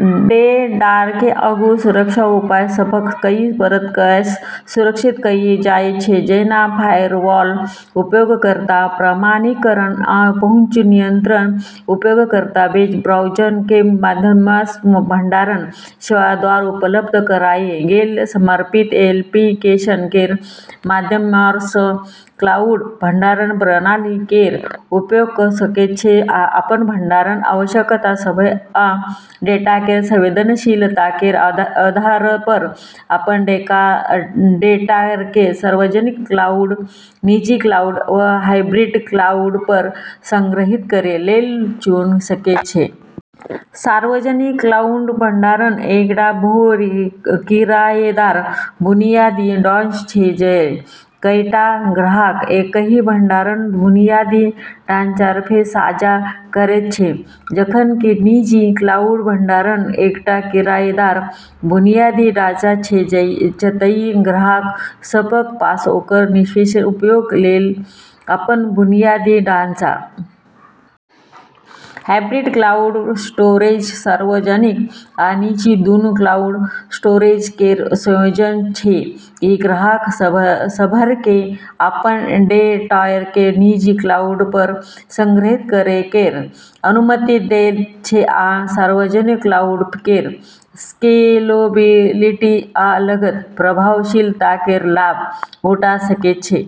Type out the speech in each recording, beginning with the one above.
डेटाकेँ आगू सुरक्षा उपाय सभक कई परतकसँ सुरक्षित कएल जाइत छै, जेना फायरवॉल, उपयोगकर्ता प्रमाणीकरण, आ पहुँच नियंत्रण। उपयोगकर्ता वेब ब्राउज़र केर माध्यमसँ वा भंडारण सेवाद्वारा उपलब्ध कराएल गेल समर्पित एप्लीकेशन केर माध्यमसँ क्लाउड भंडारण प्रणाली केर उपयोग कऽ सकैत छै, आ अपन भंडारण आवश्यकता सभक आ डेटा केर संवेदनशीलता केर आधारपर, अपन डेटाकेँ सार्वजनिक क्लाउड, निजी क्लाउड वा हाइब्रिड क्लाउडपर संग्रहीत करै लेल चुन सकैत छै। सार्वजनिक क्लाउड भंडारण एकटा बहु-किरायेदार बुनियादी ढाँचा छै, जतए कईटा ग्राहक एकही भंडारण बुनियादी ढाँचाकेँ साझा करैत छै, जखन कि निजी क्लाउड भंडारण एकटा किरायेदार बुनियादी ढाँचा छै, जतए ग्राहक सभक पास ओकर विशेष उपयोग लेल अपन बुनियादी ढाँचा होइत छै। हाइब्रिड क्लाउड स्टोरेज सार्वजनिक आ निजी दूनू क्लाउड स्टोरेज केर संयोजन छै; ई ग्राहक सभकेँ अपन डेटाकेँ निजी क्लाउडपर संग्रहीत करै केर अनुमति दैत छै आ सार्वजनिक क्लाउड केर स्केलेबिलिटी आ लागत-प्रभावशीलता केर लाभ उठा सकैत छै।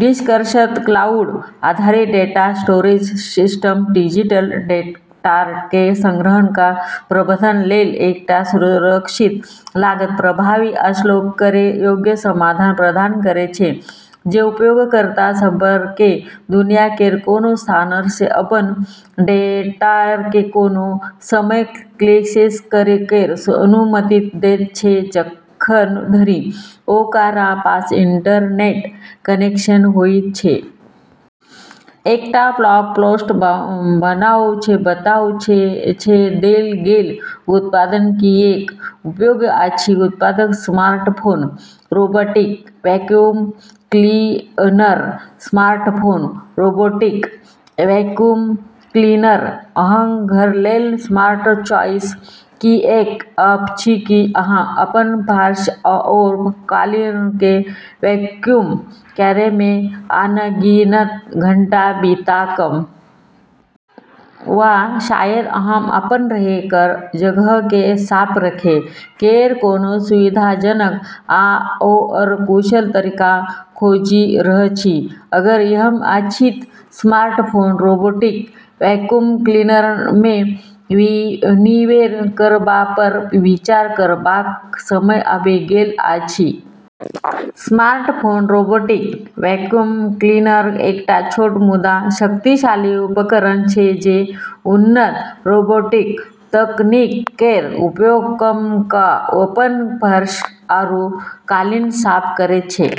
निष्कर्षतः, क्लाउड आधारित डेटा स्टोरेज सिस्टम डिजिटल डेटाकेँ संग्रहण आ प्रबंधन लेल एकटा सुरक्षित, लागत प्रभावी आ स्केल करै योग्य समाधान प्रदान करैत छै, जे उपयोगकर्ता सभकेँ दुनिया केर कोनो स्थानसँ अपन डेटाकेँ कोनो समय एक्सेस करै केर अनुमति दैत छै, जखन धरि ओकरा पास इंटरनेट कनेक्शन होइत छै। एकटा ब्लॉग पोस्ट बनाउ जे बताउ जे देल गेल उत्पाद किऐक उपयोगी अछि। उत्पाद: smartphone robotic vacuum cleaner. Smartphone robotic vacuum cleaner अहाँक घर लेल स्मार्ट चॉइस किऐक अछि? की अहाँ अपन फर्श आओर कालीनकेँ वैक्यूम करैमे अनगिनत घंटा बिता कऽ थाकि गेल छी? वा शायद अहाँ अपन रहै केर जगहकेँ साफ रखै केर कोनो सुविधाजनक आओर कुशल तरीका खोजि रहल छी। अगर एहन अछि तऽ स्मार्टफोन रोबोटिक वैक्यूम क्लीनरमे निवेश करबापर विचार करबाक समय आबि गेल अछि। स्मार्टफोन रोबोटिक वैक्यूम क्लीनर एकटा छोट मुदा शक्तिशाली उपकरण छै जे उन्नत रोबोटिक तकनीक केर उपयोग कऽ कऽ अपन फर्श आरू कालीन साफ करैत छै।